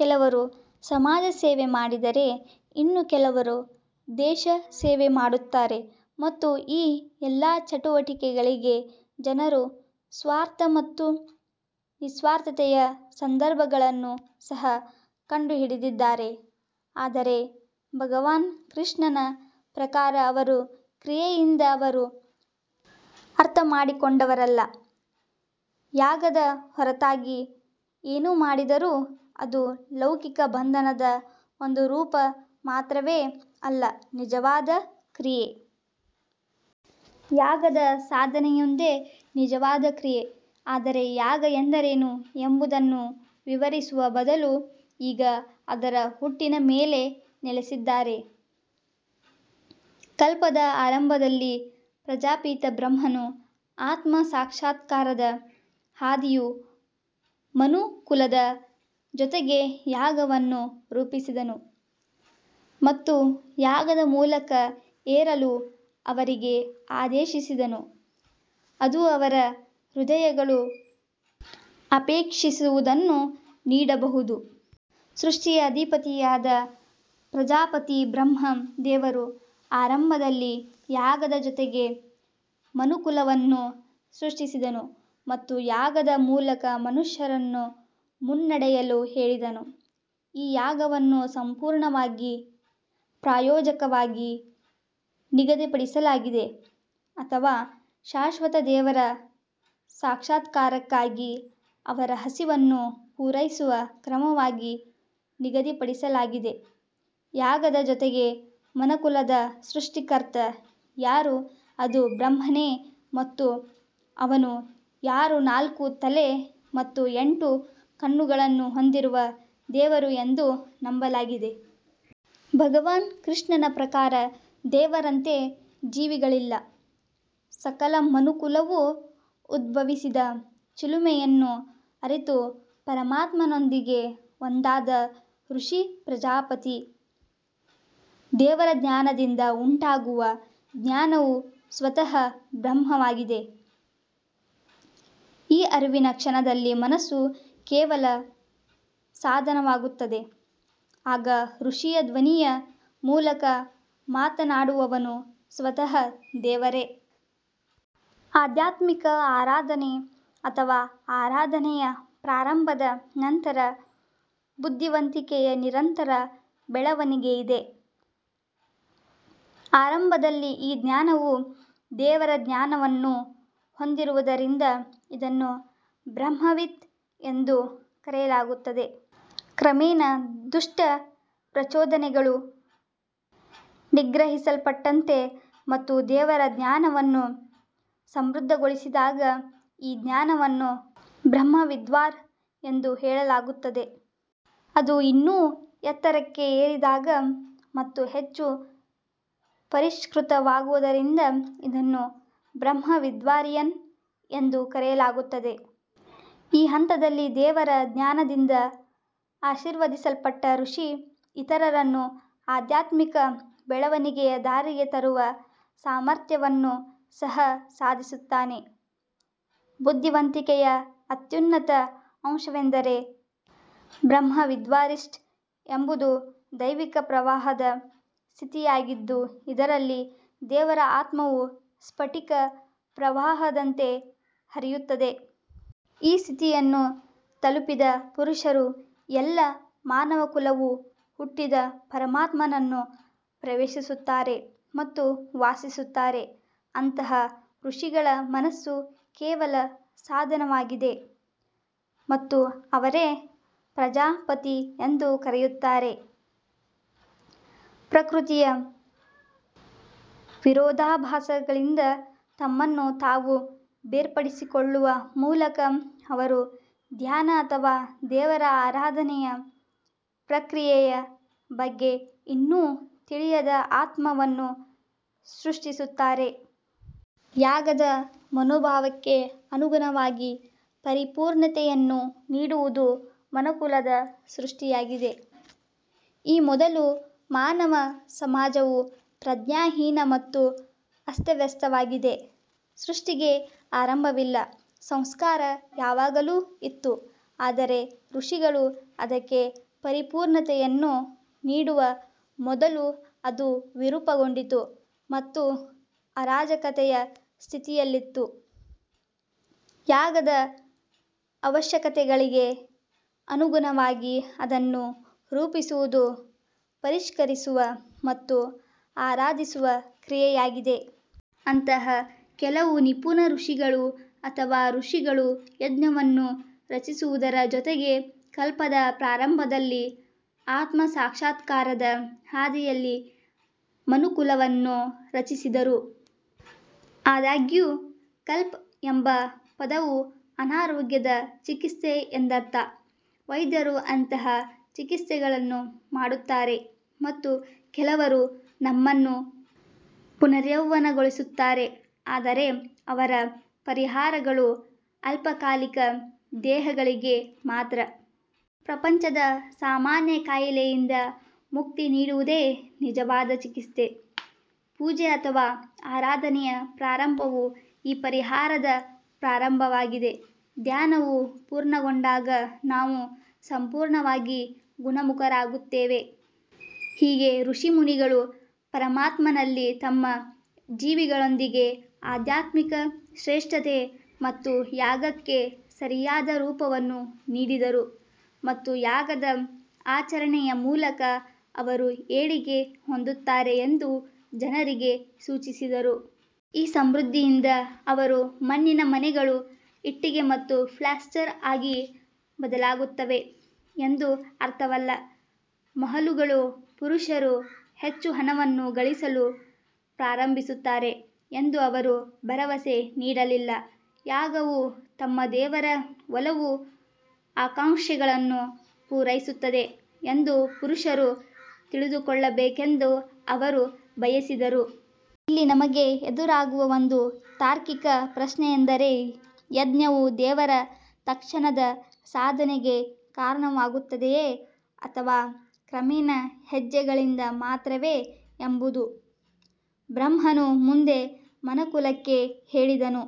ಕೆಲವರು ಸಮಾಜ ಸೇವೆ ಮಾಡಿದರೆ ಇನ್ನು ಕೆಲವರು ದೇಶ ಸೇವೆ ಮಾಡುತ್ತಾರೆ ಮತ್ತು ಈ ಎಲ್ಲಾ ಚಟುವಟಿಕೆಗಳಿಗೆ ಜನರು ಸ್ವಾರ್ಥ ಮತ್ತು ನಿಸ್ವಾರ್ಥತೆಯ ಸಂದರ್ಭಗಳನ್ನು ಸಹ ಕಂಡುಹಿಡಿದಿದ್ದಾರೆ ಆದರೆ ಭಗವಾನ್ ಕೃಷ್ಣನ ಪ್ರಕಾರ ಅವರು ಕ್ರಿಯೆಯಿಂದ ಅವರು ಅರ್ಥಮಾಡಿಕೊಂಡವರಲ್ಲ. ಯಾಗದ ಹೊರತಾಗಿ ಏನು ಮಾಡಿದರೂ ಅದು ಲೌಕಿಕ ಬಂಧನದ ಒಂದು ರೂಪ ಮಾತ್ರವೇ ಅಲ್ಲ ನಿಜವಾದ ಕ್ರಿಯೆ. ಯಾಗದ ಸಾಧನೆಯೊಂದೇ ನಿಜವಾದ ಕ್ರಿಯೆ ಆದರೆ ಯಾಗ ಎಂದರೇನು ಎಂಬುದನ್ನು ವಿವರಿಸುವ ಬದಲು ಈಗ ಅದರ ಹುಟ್ಟಿನ ಮೇಲೆ ನೆಲೆಸಿದ್ದಾರೆ. ಕಲ್ಪದ ಆರಂಭದಲ್ಲಿ ಪ್ರಜಾಪಿತ ಬ್ರಹ್ಮನು ಆತ್ಮ ಸಾಕ್ಷಾತ್ಕಾರದ ಹಾದಿಯು ಮನುಕುಲದ ಜೊತೆಗೆ ಯಾಗವನ್ನು ರೂಪಿಸಿದನು ಮತ್ತು ಯಾಗದ ಮೂಲಕ ಏರಲು ಅವರಿಗೆ ಆದೇಶಿಸಿದನು ಅದು ಅವರ ಹೃದಯಗಳು ಅಪೇಕ್ಷಿಸುವುದನ್ನು ನೀಡಬಹುದು. ಸೃಷ್ಟಿಯ ಅಧಿಪತಿಯಾದ ಪ್ರಜಾಪತಿ ಬ್ರಹ್ಮ ದೇವರು ಆರಂಭದಲ್ಲಿ ಯಾಗದ ಜೊತೆಗೆ ಮನುಕುಲವನ್ನು ಸೃಷ್ಟಿಸಿದನು ಮತ್ತು ಯಾಗದ ಮೂಲಕ ಮನುಷ್ಯರನ್ನು ಮುನ್ನಡೆಯಲು ಹೇಳಿದನು. ಈ ಯಾಗವನ್ನು ಸಂಪೂರ್ಣವಾಗಿ ಪ್ರಾಯೋಜಕವಾಗಿ ನಿಗದಿಪಡಿಸಲಾಗಿದೆ ಅಥವಾ ಶಾಶ್ವತ ದೇವರ ಸಾಕ್ಷಾತ್ಕಾರಕ್ಕಾಗಿ ಅವರ ಹಸಿವನ್ನು ಪೂರೈಸುವ ಕ್ರಮವಾಗಿ ನಿಗದಿಪಡಿಸಲಾಗಿದೆ. ಯಾಗದ ಜೊತೆಗೆ ಮನುಕುಲದ ಸೃಷ್ಟಿಕರ್ತ ಯಾರು ಅದು ಬ್ರಹ್ಮನೇ ಮತ್ತು ಅವನು ಯಾರು ನಾಲ್ಕು ತಲೆ ಮತ್ತು ಎಂಟು ಕಣ್ಣುಗಳನ್ನು ಹೊಂದಿರುವ ದೇವರು ಎಂದು ನಂಬಲಾಗಿದೆ. ಭಗವಾನ್ ಕೃಷ್ಣನ ಪ್ರಕಾರ ದೇವರಂತೆ ಜೀವಿಗಳಿಲ್ಲ. ಸಕಲ ಮನುಕುಲವು ಉದ್ಭವಿಸಿದ ಚಿಲುಮೆಯನ್ನು ಅರಿತು ಪರಮಾತ್ಮನೊಂದಿಗೆ ಒಂದಾದ ಋಷಿ ಪ್ರಜಾಪತಿ. ದೇವರ ಜ್ಞಾನದಿಂದ ಉಂಟಾಗುವ ಜ್ಞಾನವು ಸ್ವತಃ ಬ್ರಹ್ಮವಾಗಿದೆ. ಈ ಅರಿವಿನ ಕ್ಷಣದಲ್ಲಿ ಮನಸ್ಸು ಕೇವಲ ಸಾಧನವಾಗುತ್ತದೆ. ಆಗ ಋಷಿಯ ಧ್ವನಿಯ ಮೂಲಕ ಮಾತನಾಡುವವನು ಸ್ವತಃ ದೇವರೇ. ಆಧ್ಯಾತ್ಮಿಕ ಆರಾಧನೆ ಅಥವಾ ಆರಾಧನೆಯ ಪ್ರಾರಂಭದ ನಂತರ ಬುದ್ಧಿವಂತಿಕೆಯ ನಿರಂತರ ಬೆಳವಣಿಗೆ ಇದೆ. ಆರಂಭದಲ್ಲಿ ಈ ಜ್ಞಾನವು ದೇವರ ಜ್ಞಾನವನ್ನು ಹೊಂದಿರುವುದರಿಂದ ಇದನ್ನು ಬ್ರಹ್ಮವಿತ್ ಎಂದು ಕರೆಯಲಾಗುತ್ತದೆ. ಕ್ರಮೇಣ ದುಷ್ಟ ಪ್ರಚೋದನೆಗಳು ನಿಗ್ರಹಿಸಲ್ಪಟ್ಟಂತೆ ಮತ್ತು ದೇವರ ಜ್ಞಾನವನ್ನು ಸಮೃದ್ಧಗೊಳಿಸಿದಾಗ ಈ ಜ್ಞಾನವನ್ನು ಬ್ರಹ್ಮವಿದ್ವಾರ್ ಎಂದು ಹೇಳಲಾಗುತ್ತದೆ. ಅದು ಇನ್ನೂ ಎತ್ತರಕ್ಕೆ ಏರಿದಾಗ ಮತ್ತು ಹೆಚ್ಚು ಪರಿಷ್ಕೃತವಾಗುವುದರಿಂದ ಇದನ್ನು ಬ್ರಹ್ಮವಿದ್ವಾರಿಯನ್ ಎಂದು ಕರೆಯಲಾಗುತ್ತದೆ. ಈ ಹಂತದಲ್ಲಿ ದೇವರ ಜ್ಞಾನದಿಂದ ಆಶೀರ್ವದಿಸಲ್ಪಟ್ಟ ಋಷಿ ಇತರರನ್ನು ಆಧ್ಯಾತ್ಮಿಕ ಬೆಳವಣಿಗೆಯ ದಾರಿಗೆ ತರುವ ಸಾಮರ್ಥ್ಯವನ್ನು ಸಹ ಸಾಧಿಸುತ್ತಾನೆ. ಬುದ್ಧಿವಂತಿಕೆಯ ಅತ್ಯುನ್ನತ ಅಂಶವೆಂದರೆ ಬ್ರಹ್ಮವಿದ್ವಾರಿಷ್ಟ್ ಎಂಬುದು ದೈವಿಕ ಪ್ರವಾಹದ ಸ್ಥಿತಿಯಾಗಿದ್ದು ಇದರಲ್ಲಿ ದೇವರ ಆತ್ಮವು ಸ್ಫಟಿಕ ಪ್ರವಾಹದಂತೆ ಹರಿಯುತ್ತದೆ. ಈ ಸ್ಥಿತಿಯನ್ನು ತಲುಪಿದ ಪುರುಷರು ಎಲ್ಲ ಮಾನವಕುಲವು ಹುಟ್ಟಿದ ಪರಮಾತ್ಮನನ್ನು ಪ್ರವೇಶಿಸುತ್ತಾರೆ ಮತ್ತು ವಾಸಿಸುತ್ತಾರೆ. ಅಂತಹ ಋಷಿಗಳ ಮನಸ್ಸು ಕೇವಲ ಸಾಧನವಾಗಿದೆ ಮತ್ತು ಅವರೇ ಪ್ರಜಾಪತಿ ಎಂದು ಕರೆಯುತ್ತಾರೆ. ಪ್ರಕೃತಿಯ ವಿರೋಧಾಭಾಸಗಳಿಂದ ತಮ್ಮನ್ನು ತಾವು ಬೇರ್ಪಡಿಸಿಕೊಳ್ಳುವ ಮೂಲಕ ಅವರು ಧ್ಯಾನ ಅಥವಾ ದೇವರ ಆರಾಧನೆಯ ಪ್ರಕ್ರಿಯೆಯ ಬಗ್ಗೆ ಇನ್ನೂ ತಿಳಿಯದ ಆತ್ಮವನ್ನು ಸೃಷ್ಟಿಸುತ್ತಾರೆ. ಯಾಗದ ಮನೋಭಾವಕ್ಕೆ ಅನುಗುಣವಾಗಿ ಪರಿಪೂರ್ಣತೆಯನ್ನು ನೀಡುವುದು ಮನುಕುಲದ ಸೃಷ್ಟಿಯಾಗಿದೆ. ಈ ಮೊದಲು ಮಾನವ ಸಮಾಜವು ಪ್ರಜ್ಞಾಹೀನ ಮತ್ತು ಅಸ್ತವ್ಯಸ್ತವಾಗಿದೆ. ಸೃಷ್ಟಿಗೆ ಆರಂಭವಿಲ್ಲ. ಸಂಸ್ಕಾರ ಯಾವಾಗಲೂ ಇತ್ತು ಆದರೆ ಋಷಿಗಳು ಅದಕ್ಕೆ ಪರಿಪೂರ್ಣತೆಯನ್ನು ನೀಡುವ ಮೊದಲು ಅದು ವಿರೂಪಗೊಂಡಿತು ಮತ್ತು ಅರಾಜಕತೆಯ ಸ್ಥಿತಿಯಲ್ಲಿತ್ತು. ಯಾಗದ ಅವಶ್ಯಕತೆಗಳಿಗೆ ಅನುಗುಣವಾಗಿ ಅದನ್ನು ರೂಪಿಸುವುದು ಪರಿಷ್ಕರಿಸುವ ಮತ್ತು ಆರಾಧಿಸುವ ಕ್ರಿಯೆಯಾಗಿದೆ. ಅಂತಹ ಕೆಲವು ನಿಪುಣ ಋಷಿಗಳು ಅಥವಾ ಋಷಿಗಳು ಯಜ್ಞವನ್ನು ರಚಿಸುವುದರ ಜೊತೆಗೆ ಕಲ್ಪದ ಪ್ರಾರಂಭದಲ್ಲಿ ಆತ್ಮ ಸಾಕ್ಷಾತ್ಕಾರದ ಹಾದಿಯಲ್ಲಿ ಮನುಕುಲವನ್ನು ರಚಿಸಿದರು. ಆದಾಗ್ಯೂ ಕಲ್ಪ್ ಎಂಬ ಪದವು ಅನಾರೋಗ್ಯದ ಚಿಕಿತ್ಸೆ ಎಂದರ್ಥ. ವೈದ್ಯರು ಅಂತಹ ಚಿಕಿತ್ಸೆಗಳನ್ನು ಮಾಡುತ್ತಾರೆ ಮತ್ತು ಕೆಲವರು ನಮ್ಮನ್ನು ಪುನರ್ಯೌವನಗೊಳಿಸುತ್ತಾರೆ ಆದರೆ ಅವರ ಪರಿಹಾರಗಳು ಅಲ್ಪಕಾಲಿಕ ದೇಹಗಳಿಗೆ ಮಾತ್ರ. ಪ್ರಪಂಚದ ಸಾಮಾನ್ಯ ಕಾಯಿಲೆಯಿಂದ ಮುಕ್ತಿ ನೀಡುವುದೇ ನಿಜವಾದ ಚಿಕಿತ್ಸೆ. ಪೂಜೆ ಅಥವಾ ಆರಾಧನೆಯ ಪ್ರಾರಂಭವು ಈ ಪರಿಹಾರದ ಪ್ರಾರಂಭವಾಗಿದೆ. ಧ್ಯಾನವು ಪೂರ್ಣಗೊಂಡಾಗ ನಾವು ಸಂಪೂರ್ಣವಾಗಿ ಗುಣಮುಖರಾಗುತ್ತೇವೆ. ಹೀಗೆ ಋಷಿಮುನಿಗಳು ಪರಮಾತ್ಮನಲ್ಲಿ ತಮ್ಮ ಜೀವಿಗಳೊಂದಿಗೆ ಆಧ್ಯಾತ್ಮಿಕ ಶ್ರೇಷ್ಠತೆ ಮತ್ತು ಯಾಗಕ್ಕೆ ಸರಿಯಾದ ರೂಪವನ್ನು ನೀಡಿದರು ಮತ್ತು ಯಾಗದ ಆಚರಣೆಯ ಮೂಲಕ ಅವರು ಏಳಿಗೆ ಹೊಂದುತ್ತಾರೆ ಎಂದು ಜನರಿಗೆ ಸೂಚಿಸಿದರು. ಈ ಸಮೃದ್ಧಿಯಿಂದ ಅವರು ಮಣ್ಣಿನ ಮನೆಗಳು ಇಟ್ಟಿಗೆ ಮತ್ತು ಪ್ಲಾಸ್ಟರ್ ಆಗಿ ಬದಲಾಗುತ್ತವೆ ಎಂದು ಅರ್ಥವಲ್ಲ. ಮಹಲುಗಳು ಪುರುಷರು ಹೆಚ್ಚು ಹಣವನ್ನು ಗಳಿಸಲು ಪ್ರಾರಂಭಿಸುತ್ತಾರೆ ಎಂದು ಅವರು ಭರವಸೆ ನೀಡಲಿಲ್ಲ. ಯಾಗವು ತಮ್ಮ ದೇವರ ಒಲವು ಆಕಾಂಕ್ಷೆಗಳನ್ನು ಪೂರೈಸುತ್ತದೆ ಎಂದು ಪುರುಷರು ತಿಳಿದುಕೊಳ್ಳಬೇಕೆಂದು ಅವರು ಬಯಸಿದರು. ಇಲ್ಲಿ ನಮಗೆ ಎದುರಾಗುವ ಒಂದು ತಾರ್ಕಿಕ ಪ್ರಶ್ನೆಯೆಂದರೆ ಯಜ್ಞವು ದೇವರ ತಕ್ಷಣದ ಸಾಧನೆಗೆ ಕಾರಣವಾಗುತ್ತದೆಯೇ ಅಥವಾ ಕ್ರಮೇಣ ಹೆಜ್ಜೆಗಳಿಂದ ಮಾತ್ರವೇ ಎಂಬುದು. ಬ್ರಹ್ಮನು ಮುಂದೆ ಮನುಕುಲಕ್ಕೆ ಹೇಳಿದನು.